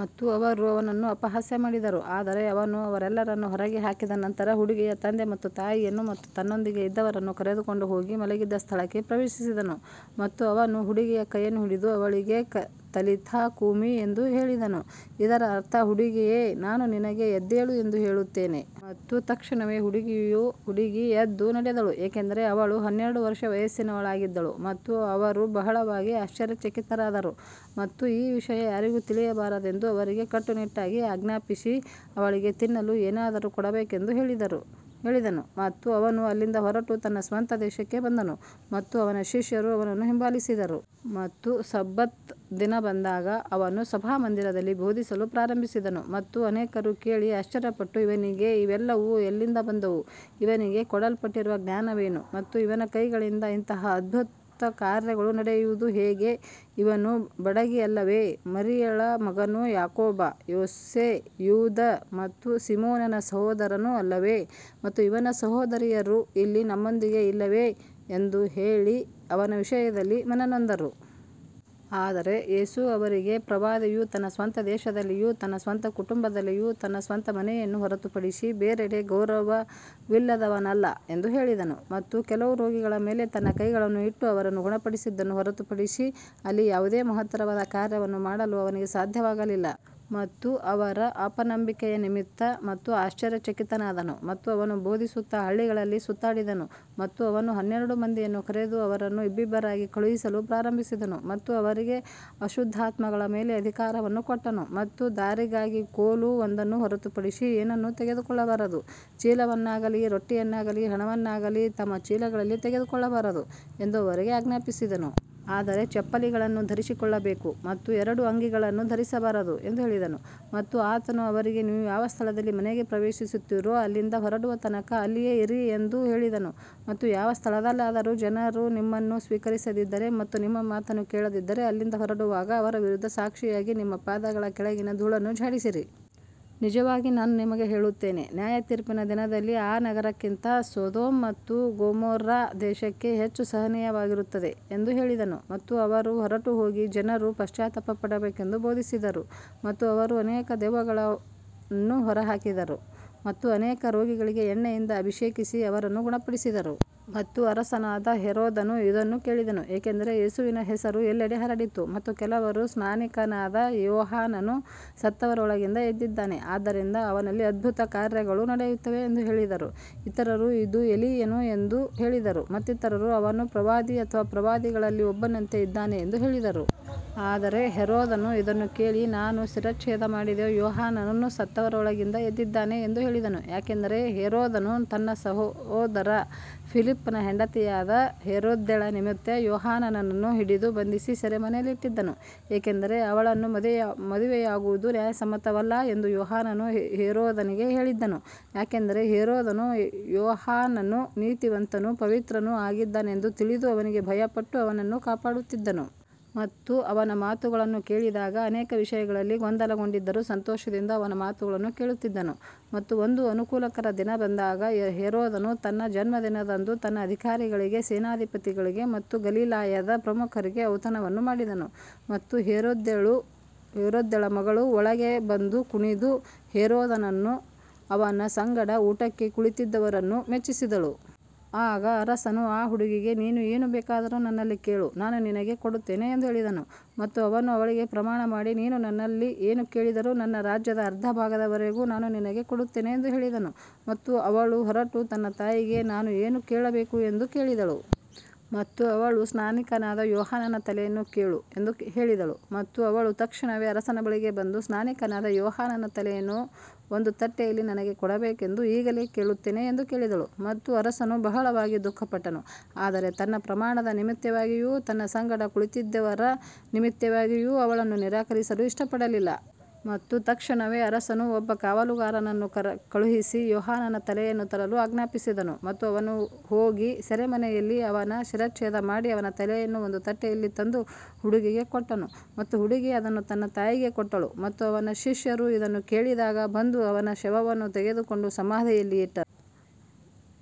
ಮತ್ತು ಅವರು ಅವನನ್ನು ಅಪಹಾಸ್ಯ ಮಾಡಿದರು. ಆದರೆ ಅವನು ಅವರೆಲ್ಲರನ್ನೂ ಹೊರಗೆ ಹಾಕಿದ ನಂತರ ಹುಡುಗಿಯ ತಂದೆ ಮತ್ತು ತಾಯಿಯನ್ನು ಮತ್ತು ತನ್ನೊಂದಿಗೆ ಇದ್ದವರನ್ನು ಕರೆದುಕೊಂಡು ಹುಡುಗಿ ಮಲಗಿದ್ದ ಸ್ಥಳಕ್ಕೆ ಪ್ರವೇಶಿಸಿದನು. ಮತ್ತು ಅವನು ಹುಡುಗಿಯ ಕೈಯನ್ನು ಹಿಡಿದು ಅವಳಿಗೆ, ತಲಿಥಾ ಕೂಮಿ ಎಂದು ಹೇಳಿದನು, ಇದರ ಅರ್ಥ, ಹುಡುಗಿಯೇ, ನಾನು ನಿನಗೆ ಎದ್ದೇಳು ಎಂದು ಹೇಳುತ್ತೇನೆ. ಮತ್ತು ತಕ್ಷಣವೇ ಹುಡುಗಿ ಎದ್ದು ನಡೆದಳು, ಏಕೆಂದರೆ ಅವಳು ಹನ್ನೆರಡು ವರ್ಷ ವಯಸ್ಸಿನವಳಾಗಿದ್ದಳು ಮತ್ತು ಅವರು ಬಹಳವಾಗಿ ಆಶ್ಚರ್ಯಚಕಿತರಾದರು. ಮತ್ತು ಈ ವಿಷಯ ಯಾರಿಗೂ ತಿಳಿಯಬಾರದೆಂದು ಅವರಿಗೆ ಕಟ್ಟುನಿಟ್ಟಾಗಿ ಆಜ್ಞಾಪಿಸಿ, ಅವಳಿಗೆ ತಿನ್ನಲು ಏನಾದರೂ ಕೊಡಬೇಕೆಂದು ಹೇಳಿದನು. ಮತ್ತು ಅವನು ಅಲ್ಲಿಂದ ಹೊರಟು ತನ್ನ ಸ್ವಂತ ದೇಶಕ್ಕೆ ಬಂದನು ಮತ್ತು ಅವನ ಶಿಷ್ಯರು ಅವನನ್ನು ಹಿಂಬಾಲಿಸಿದರು. ಮತ್ತು ಸಬ್ಬತ್ ದಿನ ಬಂದಾಗ ಅವನು ಸಭಾಮಂದಿರದಲ್ಲಿ ಬೋಧಿಸಲು ಪ್ರಾರಂಭಿಸಿದನು. ಮತ್ತು ಅನೇಕರು ಕೇಳಿ ಆಶ್ಚರ್ಯಪಟ್ಟು, ಇವನಿಗೆ ಇವೆಲ್ಲವೂ ಎಲ್ಲಿಂದ ಬಂದವು, ಇವನಿಗೆ ಕೊಡಲ್ಪಟ್ಟಿರುವ ಜ್ಞಾನವೇನು, ಮತ್ತು ಇವನ ಕೈಗಳಿಂದ ಇಂತಹ ಅದ್ಭುತ ಕಾರ್ಯಗಳು ನಡೆಯುವುದು ಹೇಗೆ, ಇವನು ಬಡಗಿ ಅಲ್ಲವೇ, ಮರಿಯಳ ಮಗನೂ ಯಾಕೋಬ, ಯೋಸೇ, ಯೂದ ಮತ್ತು ಸೀಮೋನನ ಸಹೋದರನೂ ಅಲ್ಲವೇ, ಮತ್ತು ಇವನ ಸಹೋದರಿಯರು ಇಲ್ಲಿ ನಮ್ಮೊಂದಿಗೆ ಇಲ್ಲವೇ ಎಂದು ಹೇಳಿ ಅವನ ವಿಷಯದಲ್ಲಿ ಮನನೊಂದರು. ಆದರೆ ಯೇಸು ಅವರಿಗೆ, ಪ್ರವಾದಿಯು ತನ್ನ ಸ್ವಂತ ದೇಶದಲ್ಲಿಯೂ ತನ್ನ ಸ್ವಂತ ಕುಟುಂಬದಲ್ಲಿಯೂ ತನ್ನ ಸ್ವಂತ ಮನೆಯನ್ನು ಹೊರತುಪಡಿಸಿ ಬೇರೆಡೆ ಗೌರವವಿಲ್ಲದವನಲ್ಲ ಎಂದು ಹೇಳಿದನು. ಮತ್ತು ಕೆಲವು ರೋಗಿಗಳ ಮೇಲೆ ತನ್ನ ಕೈಗಳನ್ನು ಇಟ್ಟು ಅವರನ್ನು ಗುಣಪಡಿಸಿದ್ದನ್ನು ಹೊರತುಪಡಿಸಿ ಅಲ್ಲಿ ಯಾವುದೇ ಮಹತ್ತರವಾದ ಕಾರ್ಯವನ್ನು ಮಾಡಲು ಅವನಿಗೆ ಸಾಧ್ಯವಾಗಲಿಲ್ಲ. ಮತ್ತು ಅವರ ಅಪನಂಬಿಕೆಯ ನಿಮಿತ್ತ ಅವನು ಆಶ್ಚರ್ಯಚಕಿತನಾದನು. ಮತ್ತು ಅವನು ಬೋಧಿಸುತ್ತಾ ಹಳ್ಳಿಗಳಲ್ಲಿ ಸುತ್ತಾಡಿದನು. ಮತ್ತು ಅವನು ಹನ್ನೆರಡು ಮಂದಿಯನ್ನು ಕರೆದು ಅವರನ್ನು ಇಬ್ಬಿಬ್ಬರಾಗಿ ಕಳುಹಿಸಲು ಪ್ರಾರಂಭಿಸಿದನು ಮತ್ತು ಅವರಿಗೆ ಅಶುದ್ಧಾತ್ಮಗಳ ಮೇಲೆ ಅಧಿಕಾರವನ್ನು ಕೊಟ್ಟನು. ಮತ್ತು ದಾರಿಗಾಗಿ ಕೋಲು ಒಂದನ್ನು ಹೊರತುಪಡಿಸಿ ಏನನ್ನೂ ತೆಗೆದುಕೊಳ್ಳಬಾರದು, ಚೀಲವನ್ನಾಗಲಿ ರೊಟ್ಟಿಯನ್ನಾಗಲಿ ಹಣವನ್ನಾಗಲಿ ತಮ್ಮ ಚೀಲಗಳಲ್ಲಿ ತೆಗೆದುಕೊಳ್ಳಬಾರದು ಎಂದು ಅವರಿಗೆ ಆಜ್ಞಾಪಿಸಿದನು. ಆದರೆ ಚಪ್ಪಲಿಗಳನ್ನು ಧರಿಸಿಕೊಳ್ಳಬೇಕು ಮತ್ತು ಎರಡು ಅಂಗಿಗಳನ್ನು ಧರಿಸಬಾರದು ಎಂದು ಹೇಳಿದನು. ಮತ್ತು ಆತನು ಅವರಿಗೆ, ನೀವು ಯಾವ ಸ್ಥಳದಲ್ಲಿ ಮನೆಗೆ ಪ್ರವೇಶಿಸುತ್ತೀರೋ, ಅಲ್ಲಿಂದ ಹೊರಡುವ ತನಕ ಅಲ್ಲಿಯೇ ಇರಿ ಎಂದು ಹೇಳಿದನು. ಮತ್ತು ಯಾವ ಸ್ಥಳದಲ್ಲಾದರೂ ಜನರು ನಿಮ್ಮನ್ನು ಸ್ವೀಕರಿಸದಿದ್ದರೆ ಮತ್ತು ನಿಮ್ಮ ಮಾತನ್ನು ಕೇಳದಿದ್ದರೆ, ಅಲ್ಲಿಂದ ಹೊರಡುವಾಗ ಅವರ ವಿರುದ್ಧ ಸಾಕ್ಷಿಯಾಗಿ ನಿಮ್ಮ ಪಾದಗಳ ಕೆಳಗಿನ ಧೂಳನ್ನು ಝಾಡಿಸಿರಿ. ನಿಜವಾಗಿ ನಾನು ನಿಮಗೆ ಹೇಳುತ್ತೇನೆ, ನ್ಯಾಯತೀರ್ಪಿನ ದಿನದಲ್ಲಿ ಆ ನಗರಕ್ಕಿಂತ ಸೊದೋಮ್ ಮತ್ತು ಗೊಮೊರ್ರಾ ದೇಶಕ್ಕೆ ಹೆಚ್ಚು ಸಹನೀಯವಾಗಿರುತ್ತದೆ ಎಂದು ಹೇಳಿದನು. ಮತ್ತು ಅವರು ಹೊರಟುಹೋಗಿ ಜನರು ಪಶ್ಚಾತ್ತಾಪಪಡಬೇಕೆಂದು ಬೋಧಿಸಿದರು. ಮತ್ತು ಅವರು ಅನೇಕ ದೆವ್ವಗಳನ್ನು ಹೊರಹಾಕಿದರು ಮತ್ತು ಅನೇಕ ರೋಗಿಗಳಿಗೆ ಎಣ್ಣೆಯಿಂದ ಅಭಿಷೇಕಿಸಿ ಅವರನ್ನು ಗುಣಪಡಿಸಿದರು. ಮತ್ತು ಅರಸನಾದ ಹೆರೋದನು ಇದನ್ನು ಕೇಳಿದನು, ಏಕೆಂದರೆ ಯೇಸುವಿನ ಹೆಸರು ಎಲ್ಲೆಡೆ ಹರಡಿತ್ತು. ಮತ್ತು ಕೆಲವರು, ಸ್ನಾನಿಕನಾದ ಯೋಹಾನನು ಸತ್ತವರೊಳಗಿಂದ ಎದ್ದಿದ್ದಾನೆ, ಆದ್ದರಿಂದ ಅವನಲ್ಲಿ ಅದ್ಭುತ ಕಾರ್ಯಗಳು ನಡೆಯುತ್ತವೆ ಎಂದು ಹೇಳಿದರು. ಇತರರು, ಇದು ಎಲೀಯನು ಎಂದು ಹೇಳಿದರು. ಮತ್ತಿತರರು, ಅವನು ಪ್ರವಾದಿ ಅಥವಾ ಪ್ರವಾದಿಗಳಲ್ಲಿ ಒಬ್ಬನಂತೆ ಇದ್ದಾನೆ ಎಂದು ಹೇಳಿದರು. ಆದರೆ ಹೆರೋದನು ಇದನ್ನು ಕೇಳಿ, ನಾನು ಶಿರಚ್ಛೇದ ಮಾಡಿದ ಯೋಹಾನನು ಸತ್ತವರೊಳಗಿಂದ ಎದ್ದಿದ್ದಾನೆ ಎಂದು ಹೇಳಿದನು. ಯಾಕಂದರೆ ಹೆರೋದನು ತನ್ನ ಸಹೋದರ ಫಿಲಿಪ್ಪನ ಹೆಂಡತಿಯಾದ ಹೆರೋದ್ಯಳ ನಿಮಿತ್ತ ಯೋಹಾನನನ್ನು ಹಿಡಿದು ಬಂಧಿಸಿ ಸೆರೆಮನೆಯಲ್ಲಿಟ್ಟಿದ್ದನು, ಏಕೆಂದರೆ ಅವಳನ್ನು ಮದುವೆಯಾಗುವುದು ನ್ಯಾಯಸಮ್ಮತವಲ್ಲ ಎಂದು ಯೋಹಾನನು ಹೆರೋದನಿಗೆ ಹೇಳಿದ್ದನು. ಯಾಕಂದರೆ ಹೆರೋದನು ಯೋಹಾನನು ನೀತಿವಂತನೂ ಪವಿತ್ರನೂ ಆಗಿದ್ದಾನೆಂದು ತಿಳಿದು ಅವನಿಗೆ ಭಯಪಟ್ಟು ಅವನನ್ನು ಕಾಪಾಡುತ್ತಿದ್ದನು. ಮತ್ತು ಅವನ ಮಾತುಗಳನ್ನು ಕೇಳಿದಾಗ ಅನೇಕ ವಿಷಯಗಳಲ್ಲಿ ಗೊಂದಲಗೊಂಡಿದ್ದರೂ ಸಂತೋಷದಿಂದ ಅವನ ಮಾತುಗಳನ್ನು ಕೇಳುತ್ತಿದ್ದನು. ಮತ್ತು ಒಂದು ಅನುಕೂಲಕರ ದಿನ ಬಂದಾಗ, ಹೆರೋದನು ತನ್ನ ಜನ್ಮದಿನದಂದು ತನ್ನ ಅಧಿಕಾರಿಗಳಿಗೆ, ಸೇನಾಧಿಪತಿಗಳಿಗೆ ಮತ್ತು ಗಲಿಲಾಯದ ಪ್ರಮುಖರಿಗೆ ಔತಣವನ್ನು ಮಾಡಿದನು. ಮತ್ತು ಹೆರೋದ್ಯಳ ಮಗಳು ಒಳಗೆ ಬಂದು ಕುಣಿದು ಹೆರೋದನನ್ನೂ ಅವನ ಸಂಗಡ ಊಟಕ್ಕೆ ಕುಳಿತಿದ್ದವರನ್ನೂ ಮೆಚ್ಚಿಸಿದಳು. ಆಗ ಅರಸನು ಆ ಹುಡುಗಿಗೆ, ನೀನು ಏನು ಬೇಕಾದರೂ ನನ್ನಲ್ಲಿ ಕೇಳು, ನಾನು ನಿನಗೆ ಕೊಡುತ್ತೇನೆ ಎಂದು ಹೇಳಿದನು. ಮತ್ತು ಅವನು ಅವಳಿಗೆ ಪ್ರಮಾಣಮಾಡಿ, ನೀನು ನನ್ನಲ್ಲಿ ಏನು ಕೇಳಿದರೂ ನನ್ನ ರಾಜ್ಯದ ಅರ್ಧಭಾಗದವರೆಗೂ ನಾನು ನಿನಗೆ ಕೊಡುತ್ತೇನೆ ಎಂದು ಹೇಳಿದನು. ಮತ್ತು ಅವಳು ಹೊರಟು ತನ್ನ ತಾಯಿಗೆ, ನಾನು ಏನು ಕೇಳಬೇಕು ಎಂದು ಕೇಳಿದಳು. ಮತ್ತು ಅವಳು, ಸ್ನಾನಿಕನಾದ ಯೋಹಾನನ ತಲೆಯನ್ನು ಕೇಳು ಎಂದು ಹೇಳಿದಳು. ಮತ್ತು ಅವಳು ತಕ್ಷಣವೇ ಅರಸನ ಬಳಿಗೆ ಬಂದು, ಸ್ನಾನಿಕನಾದ ಯೋಹಾನನ ತಲೆಯನ್ನು ಒಂದು ತಟ್ಟೆಯಲ್ಲಿ ನನಗೆ ಕೊಡಬೇಕೆಂದು ಈಗಲೇ ಕೇಳುತ್ತೇನೆ ಎಂದು ಕೇಳಿದಳು. ಮತ್ತು ಅರಸನು ಬಹಳವಾಗಿ ದುಃಖಪಟ್ಟನು, ಆದರೆ ತನ್ನ ಪ್ರಮಾಣದ ನಿಮಿತ್ತವಾಗಿಯೂ ತನ್ನ ಸಂಗಡ ಕುಳಿತಿದ್ದವರ ನಿಮಿತ್ತವಾಗಿಯೂ ಅವಳನ್ನು ನಿರಾಕರಿಸಲು ಇಷ್ಟಪಡಲಿಲ್ಲ. ಮತ್ತು ತಕ್ಷಣವೇ ಅರಸನು ಒಬ್ಬ ಕಾವಲುಗಾರನನ್ನು ಕಳುಹಿಸಿ ಯೋಹಾನನ ತಲೆಯನ್ನು ತರಲು ಆಜ್ಞಾಪಿಸಿದನು. ಮತ್ತು ಅವನು ಹೋಗಿ ಸೆರೆಮನೆಯಲ್ಲಿ ಅವನ ಶಿರಚ್ಛೇದ ಮಾಡಿ ಅವನ ತಲೆಯನ್ನು ಒಂದು ತಟ್ಟೆಯಲ್ಲಿ ತಂದು ಹುಡುಗಿಗೆ ಕೊಟ್ಟನು. ಮತ್ತು ಹುಡುಗಿ ಅದನ್ನು ತನ್ನ ತಾಯಿಗೆ ಕೊಟ್ಟಳು. ಮತ್ತು ಅವನ ಶಿಷ್ಯರು ಇದನ್ನು ಕೇಳಿದಾಗ ಬಂದು ಅವನ ಶವವನ್ನು ತೆಗೆದುಕೊಂಡು ಸಮಾಧಿಯಲ್ಲಿ ಇಟ್ಟರು.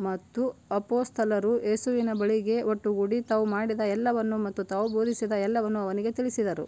ಮತ್ತು ಅಪೊಸ್ತಲರು ಯೇಸುವಿನ ಬಳಿಗೆ ಒಟ್ಟುಗೂಡಿ ತಾವು ಮಾಡಿದ ಎಲ್ಲವನ್ನೂ ಮತ್ತು ತಾವು ಬೋಧಿಸಿದ ಎಲ್ಲವನ್ನೂ ಅವನಿಗೆ ತಿಳಿಸಿದರು.